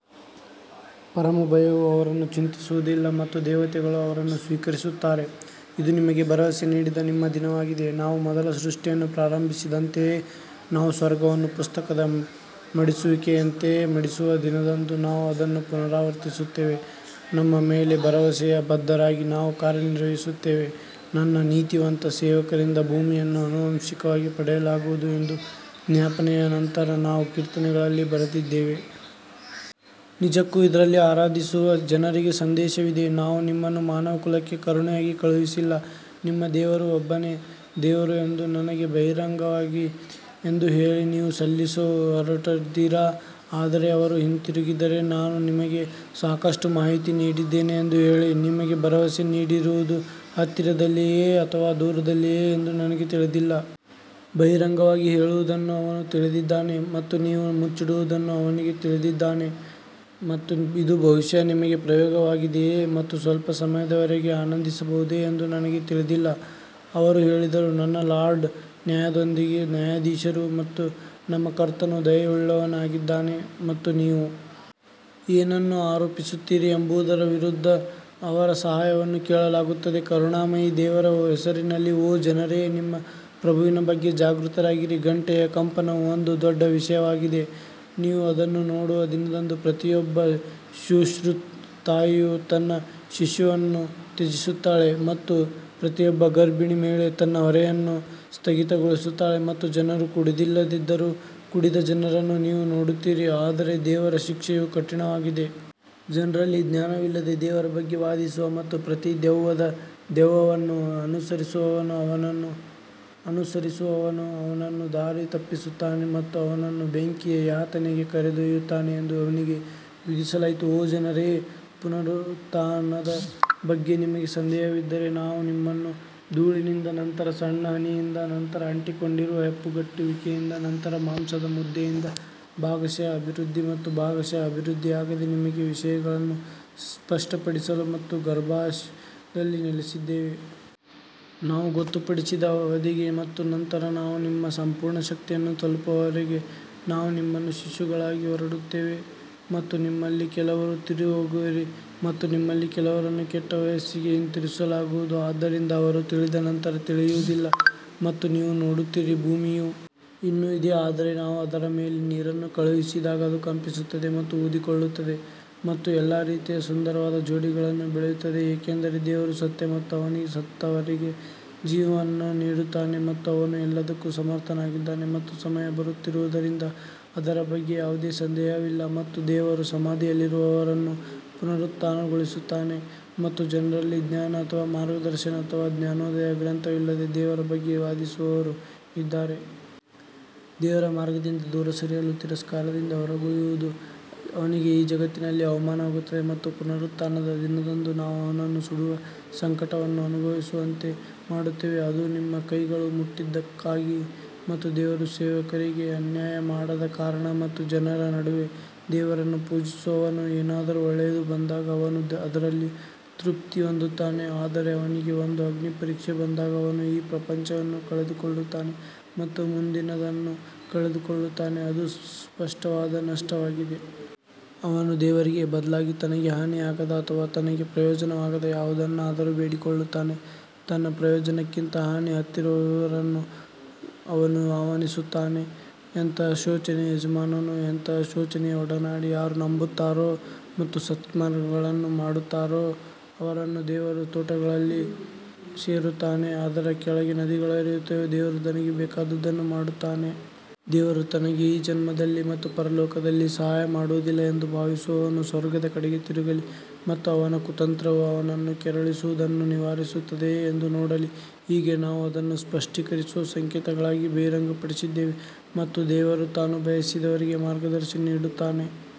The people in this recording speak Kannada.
ಪರಮ ಭಯವು ಅವರನ್ನು ಚಿಂತಿಸುವುದಿಲ್ಲ ಮತ್ತು ದೇವತೆಗಳು ಅವರನ್ನು ಸ್ವೀಕರಿಸುತ್ತಾರೆ ಇದು ನಿಮಗೆ ಭರವಸೆ ನೀಡಿದ ನಿಮ್ಮ ದಿನವಾಗಿದೆ ನಾವು ಮೊದಲ ಸೃಷ್ಟಿಯನ್ನು ಪ್ರಾರಂಭಿಸಿದಂತೆಯೇ ನಾವು ಸ್ವರ್ಗವನ್ನು ಪುಸ್ತಕದ ಮಡಿಸುವಿಕೆಯಂತೆ ಮಡಿಸುವ ದಿನದಂದು ನಾವು ಅದನ್ನು ಪುನರಾವರ್ತಿಸುತ್ತೇವೆ ನಮ್ಮ ಮೇಲೆ ಭರವಸೆಯ ಬದ್ಧರಾಗಿ ನಾವು ಕಾರ್ಯನಿರ್ವಹಿಸುತ್ತೇವೆ ನನ್ನ ನೀತಿವಂತ ಸೇವಕರಿಂದ ಭೂಮಿಯನ್ನು ಆನುವಂಶಿಕವಾಗಿ ಪಡೆಯಲಾಗುವುದು ಎಂದು ಜ್ಞಾಪನೆಯ ನಂತರ ನಾವು ಕೀರ್ತನೆಗಳಲ್ಲಿ ಬರೆದಿದ್ದೇವೆ. ನಿಜಕ್ಕೂ ಇದರಲ್ಲಿ ಆರಾಧಿಸುವ ಜನರಿಗೆ ಸಂದೇಶವಿದೆ ನಾವು ನಿಮ್ಮನ್ನು ಮಾನವಕುಲಕ್ಕೆ ಕರುಣೆಯಾಗಿ ಕಳುಹಿಸಿಲ್ಲ ನಿಮ್ಮ ದೇವರು ಒಬ್ಬನೇ ದೇವರು ಎಂದು ನನಗೆ ಬಹಿರಂಗವಾಗಿದೆ ಎಂದು ಹೇಳಿ ನೀವು ಸಲ್ಲಿಸಲು ಹೊರಟಿದ್ದೀರಾ ಆದರೆ ಅವರು ತಿರುಗಿದರೆ, ನಾನು ನಿಮಗೆ ಸಾಕಷ್ಟು ಮಾಹಿತಿ ನೀಡಿದ್ದೇನೆ ಎಂದು ಹೇಳಿ, ನಿಮಗೆ ಭರವಸೆ ನೀಡಿರುವುದು ಹತ್ತಿರದಲ್ಲಿದೆಯೇ ಅಥವಾ ದೂರದಲ್ಲಿದೆಯೇ ಎಂದು ನನಗೆ ತಿಳಿದಿಲ್ಲ. ಬಹಿರಂಗವಾಗಿ ಹೇಳುವುದನ್ನು ಅವನು ತಿಳಿದಿದ್ದಾನೆ ಮತ್ತು ನೀವು ಮುಚ್ಚಿಡುವುದನ್ನು ಅವನು ತಿಳಿದಿದ್ದಾನೆ ಮತ್ತು ಇದು ಬಹುಶಃ ನಿಮಗೆ ಪ್ರಯೋಗವಾಗಿದೆಯೇ ಮತ್ತು ಸ್ವಲ್ಪ ಸಮಯದವರೆಗೆ ಆನಂದಿಸಬಹುದೇ ಎಂದು ನನಗೆ ತಿಳಿದಿಲ್ಲ ಅವರು ಹೇಳಿದರು ನನ್ನ ಲಾರ್ಡ್ ನ್ಯಾಯದೊಂದಿಗೆ ನ್ಯಾಯಾಧೀಶರು ಮತ್ತು ನಮ್ಮ ಕರ್ತನು ದಯೆಯುಳ್ಳವನಾಗಿದ್ದಾನೆ ಮತ್ತು ನೀವು ಏನನ್ನು ಆರೋಪಿಸುತ್ತೀರಿ ಎಂಬುದರ ವಿರುದ್ಧ ಅವರ ಸಹಾಯವನ್ನು ಕೇಳಲಾಗುತ್ತದೆ ಕರುಣಾಮಯಿ ದೇವರ ಹೆಸರಿನಲ್ಲಿ ಓ ಜನರೇ ನಿಮ್ಮ ಪ್ರಭುವಿನ ಬಗ್ಗೆ ಜಾಗೃತರಾಗಿರಿ ಗಂಟೆಯ ಕಂಪನವು ಒಂದು ದೊಡ್ಡ ವಿಷಯವಾಗಿದೆ ನೀವು ಅದನ್ನು ನೋಡುವ ದಿನದಂದು ಪ್ರತಿಯೊಬ್ಬ ಶುಶ್ರೂಷಾ ತಾಯಿಯು ತನ್ನ ಶಿಶುವನ್ನು ತ್ಯಜಿಸುತ್ತಾಳೆ ಮತ್ತು ಪ್ರತಿಯೊಬ್ಬ ಗರ್ಭಿಣಿ ಮಹಿಳೆ ತನ್ನ ಹೊರೆಯನ್ನು ಸ್ಥಗಿತಗೊಳಿಸುತ್ತಾಳೆ ಮತ್ತು ಜನರು ಕುಡಿದಿಲ್ಲದಿದ್ದರೂ ಕುಡಿದ ಜನರನ್ನು ನೀವು ನೋಡುತ್ತೀರಿ ಆದರೆ ದೇವರ ಶಿಕ್ಷೆಯು ಕಠಿಣವಾಗಿದೆ. ಜನರಲ್ಲಿ ಜ್ಞಾನವಿಲ್ಲದೆ ದೇವರ ಬಗ್ಗೆ ವಾದಿಸುವ ಮತ್ತು ಪ್ರತಿ ದೆವ್ವದ ದೆವ್ವವನ್ನು ಅನುಸರಿಸುವವನು ಅವನನ್ನು ಅನುಸರಿಸುವವನು ಅವನನ್ನು ದಾರಿ ತಪ್ಪಿಸುತ್ತಾನೆ ಮತ್ತು ಅವನನ್ನು ಬೆಂಕಿಯ ಯಾತನೆಗೆ ಕರೆದೊಯ್ಯುತ್ತಾನೆ ಎಂದು ಅವನಿಗೆ ವಿಧಿಸಲಾಯಿತು. ಓ ಜನರೇ, ಪುನರುತ್ಥಾನದ ಬಗ್ಗೆ ನಿಮಗೆ ಸಂದೇಹವಿದ್ದರೆ ನಾವು ನಿಮ್ಮನ್ನು ಧೂಳಿನಿಂದ ನಂತರ ಸಣ್ಣ ಹನಿಯಿಂದ ನಂತರ ಅಂಟಿಕೊಂಡಿರುವ ಹೆಪ್ಪುಗಟ್ಟುವಿಕೆಯಿಂದ ನಂತರ ಮಾಂಸದ ಮುದ್ದೆಯಿಂದ ಭಾಗಶಃ ಅಭಿವೃದ್ಧಿ ಮತ್ತು ಭಾಗಶಃ ಅಭಿವೃದ್ಧಿಯಾಗದೆ ನಿಮಗಾಗಿ ವಿಷಯಗಳನ್ನು ಸ್ಪಷ್ಟಪಡಿಸಲು ಮತ್ತು ನಾವು ಗರ್ಭಾಶಯದಲ್ಲಿ ನೆಲೆಸಿದ್ದೇವೆ. ನಾವು ಗೊತ್ತುಪಡಿಸಿದ ಅವಧಿಗೆ ಮತ್ತು ನಂತರ ನಾವು ನಿಮ್ಮ ಸಂಪೂರ್ಣ ಶಕ್ತಿಯನ್ನು ತಲುಪುವವರೆಗೆ ನಾವು ನಿಮ್ಮನ್ನು ಶಿಶುಗಳಾಗಿ ಹೊರತರುತ್ತೇವೆ ಮತ್ತು ನಿಮ್ಮಲ್ಲಿ ಕೆಲವರು ತೀರಿಹೋಗುವಿರಿ ಮತ್ತು ನಿಮ್ಮಲ್ಲಿ ಕೆಲವರನ್ನು ಕೆಟ್ಟ ವಯಸ್ಸಿಗೆ ಹಿಂತಿರುಗಿಸಲಾಗುವುದು ಆದ್ದರಿಂದ ಅವರು ತಿಳಿದ ನಂತರ ತಿಳಿಯುವುದಿಲ್ಲ ಮತ್ತು ನೀವು ನೋಡುತ್ತೀರಿ. ಭೂಮಿಯು ಇನ್ನೂ ಇದೆ ಆದರೆ ನಾವು ಅದರ ಮೇಲೆ ನೀರನ್ನು ಕಳುಹಿಸಿದಾಗ ಅದು ಕಂಪಿಸುತ್ತದೆ ಮತ್ತು ಊದಿಕೊಳ್ಳುತ್ತದೆ ಮತ್ತು ಎಲ್ಲಾ ರೀತಿಯ ಸುಂದರವಾದ ಜೋಡಿಗಳನ್ನು ಬೆಳೆಯುತ್ತದೆ ಏಕೆಂದರೆ ದೇವರು ಸತ್ಯ ಮತ್ತು ಅವನು ಸತ್ತವರಿಗೆ ಜೀವವನ್ನು ನೀಡುತ್ತಾನೆ ಮತ್ತು ಅವನು ಎಲ್ಲದಕ್ಕೂ ಸಮರ್ಥನಾಗಿದ್ದಾನೆ ಮತ್ತು ಸಮಯ ಬರುತ್ತಿರುವುದರಿಂದ ಅದರ ಬಗ್ಗೆ ಯಾವುದೇ ಸಂದೇಹವಿಲ್ಲ ಮತ್ತು ದೇವರು ಸಮಾಧಿಯಲ್ಲಿರುವವರನ್ನು ಪುನರುತ್ಥಾನಗೊಳಿಸುತ್ತಾನೆ ಮತ್ತು ಜನರಲ್ಲಿ ಜ್ಞಾನ ಅಥವಾ ಮಾರ್ಗದರ್ಶನ ಅಥವಾ ಜ್ಞಾನೋದಯ ಗ್ರಂಥವಿಲ್ಲದೆ ದೇವರ ಬಗ್ಗೆ ವಾದಿಸುವವರು ಇದ್ದಾರೆ. ದೇವರ ಮಾರ್ಗದಿಂದ ದೂರ ಸರಿಯಲು ತಿರಸ್ಕಾರದಿಂದ ಹೊರಗುಳಿಯುವುದು ಅವನಿಗೆ ಈ ಜಗತ್ತಿನಲ್ಲಿ ಅವಮಾನವಾಗುತ್ತದೆ ಮತ್ತು ಪುನರುತ್ಥಾನದ ದಿನದಂದು ನಾವು ಅವನನ್ನು ಸುಡುವ ಸಂಕಟವನ್ನು ಅನುಭವಿಸುವಂತೆ ಮಾಡುತ್ತೇವೆ. ಅದು ನಿಮ್ಮ ಕೈಗಳು ಮುಂದಿಟ್ಟದ್ದಕ್ಕಾಗಿ ಮತ್ತು ದೇವರು ಸೇವಕರಿಗೆ ಅನ್ಯಾಯ ಮಾಡದ ಕಾರಣ ಮತ್ತು ಜನರ ನಡುವೆ ದೇವರನ್ನು ಪೂಜಿಸುವವನು ಏನಾದರೂ ಒಳ್ಳೆಯದು ಬಂದಾಗ ಅವನು ಅದರಲ್ಲಿ ತೃಪ್ತಿ ಹೊಂದುತ್ತಾನೆ ಆದರೆ ಅವನಿಗೆ ಒಂದು ಅಗ್ನಿಪರೀಕ್ಷೆ ಬಂದಾಗ ಅವನು ಈ ಪ್ರಪಂಚವನ್ನು ಕಳೆದುಕೊಳ್ಳುತ್ತಾನೆ ಮತ್ತು ಮುಂದಿನದನ್ನು ಕಳೆದುಕೊಳ್ಳುತ್ತಾನೆ ಅದು ಸ್ಪಷ್ಟವಾದ ನಷ್ಟವಾಗಿದೆ. ಅವನು ದೇವರಿಗೆ ಬದಲಾಗಿ ತನಗೆ ಹಾನಿಯಾಗದ ಅಥವಾ ತನಗೆ ಪ್ರಯೋಜನವಾಗದ ಯಾವುದನ್ನಾದರೂ ಬೇಡಿಕೊಳ್ಳುತ್ತಾನೆ ತನ್ನ ಪ್ರಯೋಜನಕ್ಕಿಂತ ಹಾನಿ ಹತ್ತಿರವಿರುವವರನ್ನು ಅವನು ಆಹ್ವಾನಿಸುತ್ತಾನೆ, ಎಂತಹ ಶೋಚನೀಯ ಯಜಮಾನನು ಎಂತಹ ಶೋಚನೀಯ ಒಡನಾಡಿ ಯಾರು ನಂಬುತ್ತಾರೋ ಮತ್ತು ಸತ್ಕರ್ಮಗಳನ್ನು ಮಾಡುತ್ತಾರೋ ಅವರನ್ನು ದೇವರು ತೋಟಗಳಲ್ಲಿ ಸೇರಿಸುತ್ತಾನೆ, ಅದರ ಕೆಳಗೆ ನದಿಗಳು ಹರಿಯುತ್ತವೆ, ದೇವರು ತನಗೆ ಬೇಕಾದುದನ್ನು ಮಾಡುತ್ತಾನೆ. ದೇವರು ತನಗೆ ಈ ಜನ್ಮದಲ್ಲಿ ಮತ್ತು ಪರಲೋಕದಲ್ಲಿ ಸಹಾಯ ಮಾಡುವುದಿಲ್ಲ ಎಂದು ಭಾವಿಸುವವನು ಸ್ವರ್ಗದ ಕಡೆಗೆ ತಿರುಗಲಿ ಮತ್ತು ಅವನ ಕುತಂತ್ರವು ಅವನನ್ನು ಕೆರಳಿಸುವದನ್ನು ನಿವಾರಿಸುತ್ತದೆಯೇ ಎಂದು ನೋಡಲಿ. ಹೀಗೆ ನಾವು ಅದನ್ನು ಸ್ಪಷ್ಟೀಕರಿಸುವ ಸಂಕೇತಗಳಾಗಿ ಬಹಿರಂಗಪಡಿಸಿದ್ದೇವೆ ಮತ್ತು ದೇವರು ತಾನು ಬಯಸಿದವರಿಗೆ ಮಾರ್ಗದರ್ಶನ ನೀಡುತ್ತಾನೆ.